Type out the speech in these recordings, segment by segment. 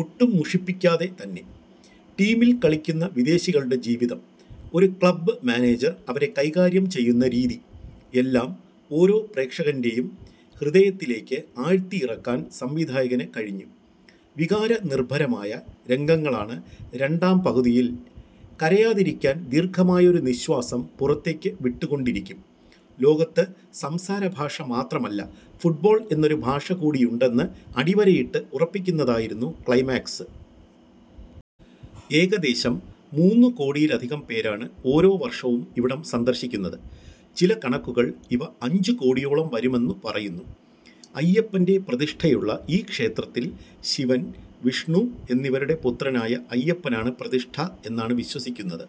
ഒട്ടും മുഷിപ്പിക്കാതെ തന്നെ. ടീമിൽ കളിക്കുന്ന വിദേശികളുടെ ജീവിതം. ഒരു ക്ലബ് മാനേജർ അവരെ കൈകാര്യം ചെയ്യുന്ന രീതി. എല്ലാം ഓരോ പ്രേക്ഷന്റേയും ഹൃദയത്തിലേക്ക് ആഴ്ത്തിയിറക്കാൻ സംവിധായകന് കഴിഞ്ഞു. വികാര നിർഭരമായ രംഗങ്ങളാണ് രണ്ടാം പകുതിയിൽ. കരയാതിരിക്കാൻ ദീർഘമായൊരു നിശ്വാസം പുറത്തേക്ക് വിട്ടുക്കൊണ്ടിരിക്കും. ലോകത്ത് സംസാരഭാഷ മാത്രമല്ല, ഫുട്ബോൾ എന്നൊരു ഭാഷകൂടിയുണ്ടെന്ന് അടിവരയിട്ട് ഉറപ്പിക്കുന്നതായിരുന്നു ക്ലൈമാക്സ്. ഏകദേശം മൂന്നു കോടിയിലധികം പേരാണ് ഓരോ വർഷവും ഇവിടം സന്ദർശിക്കുന്നത്. ചില കണക്കുകൾ ഇവ അഞ്ചു കോടിയോളം വരുമെന്നു പറയുന്നു. അയ്യപ്പന്റെ പ്രതിഷ്ഠയുള്ള ഈ ക്ഷേത്രത്തിൽ ശിവൻ, വിഷ്ണു എന്നിവര്ടെ പുത്രനായ അയ്യപ്പനാണ് പ്രതിഷ്ഠ എന്നാണ് വിശ്വസിക്കുന്നത്.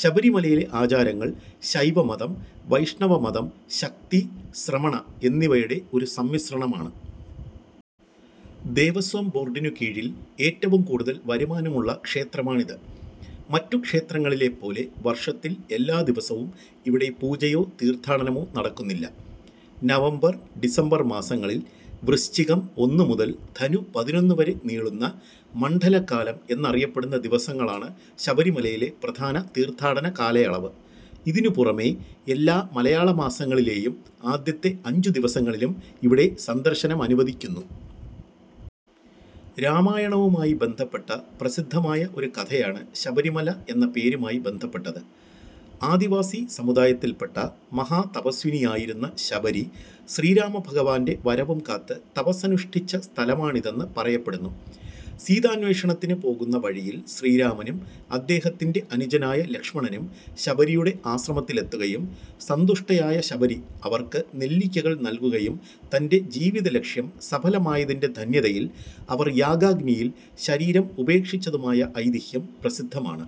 ശബരിമലയെ ആചാരങ്ങൾ ശൈവമതം, വൈഷ്ണവമതം, ശക്തി, ശ്രമണ എന്നിവയുടെ ഒരു സമ്മിശ്രണമാണ്. ദേവസ്വം ബോർഡിനു കീഴിൽ ഏറ്റവും കൂടുതൽ വരുമാനമുള്ള ക്ഷേത്രമാണിത്. മറ്റു ക്ഷേത്രങ്ങളിലെപ്പോലെ വർഷത്തിൽ എല്ലാ ദിവസവും ഇവിടെ പൂജയോ തീർത്ഥാടനമോ നടക്കുന്നില്ല. നവംബർ-ഡിസംബർ മാസങ്ങളിൽ, വൃശ്ചികം ഒന്നുമുതൽ ധനു പതിനൊന്നുവരെ നീളുന്ന, മണ്ഡലക്കാലം എന്നറിയപ്പെടുന്ന ദിവസങ്ങളാണ് ശബരിമലയിലെ പ്രധാന തീർത്ഥാടനകാലയളവ്. ഇതിനുപുറമേ എല്ലാ മലയാളമാസങ്ങളിലേയും ആദ്യത്തെ അഞ്ചുദിവസങ്ങളിലും ഇവിടെ സന്ദർശനമനുവദിക്കുന്നു. രാമായണവുമായി ബന്ധപ്പെട്ട പ്രസിദ്ധമായ ഒരു കഥയാണ് ശബരിമല എന്ന പേരുമായി ബന്ധപ്പെട്ടത്. ആദിവാസി സമുദായത്തിൽപ്പെട്ട മഹാതപസ്വിനിയായിരുന്ന ശബരി, ശ്രീരാമഭഗവാന്റെ വരവും കാത്ത് തപസ്സനുഷ്ഠിച്ച സ്ഥലമാണിതെന്ന് പറയപ്പെടുന്നു. സീതാന്വേഷണത്തിന് പോകുന്ന വഴിയിൽ ശ്രീരാമനും അദ്ദേഹത്തിൻ്റെ അനുജനായ ലക്ഷ്മണനും ശബരിയുടെ ആശ്രമത്തിലെത്തുകയും സന്തുഷ്ടയായ ശബരി അവർക്ക് നെല്ലിക്കകൾ നൽകുകയും തന്റെ ജീവിതലക്ഷ്യം സഫലമായതിന്റെ ധന്യതയിൽ അവർ യാഗാഗ്നിയിൽ ശരീരം ഉപേക്ഷിച്ചതുമായ ഐതിഹ്യം പ്രസിദ്ധമാണ്.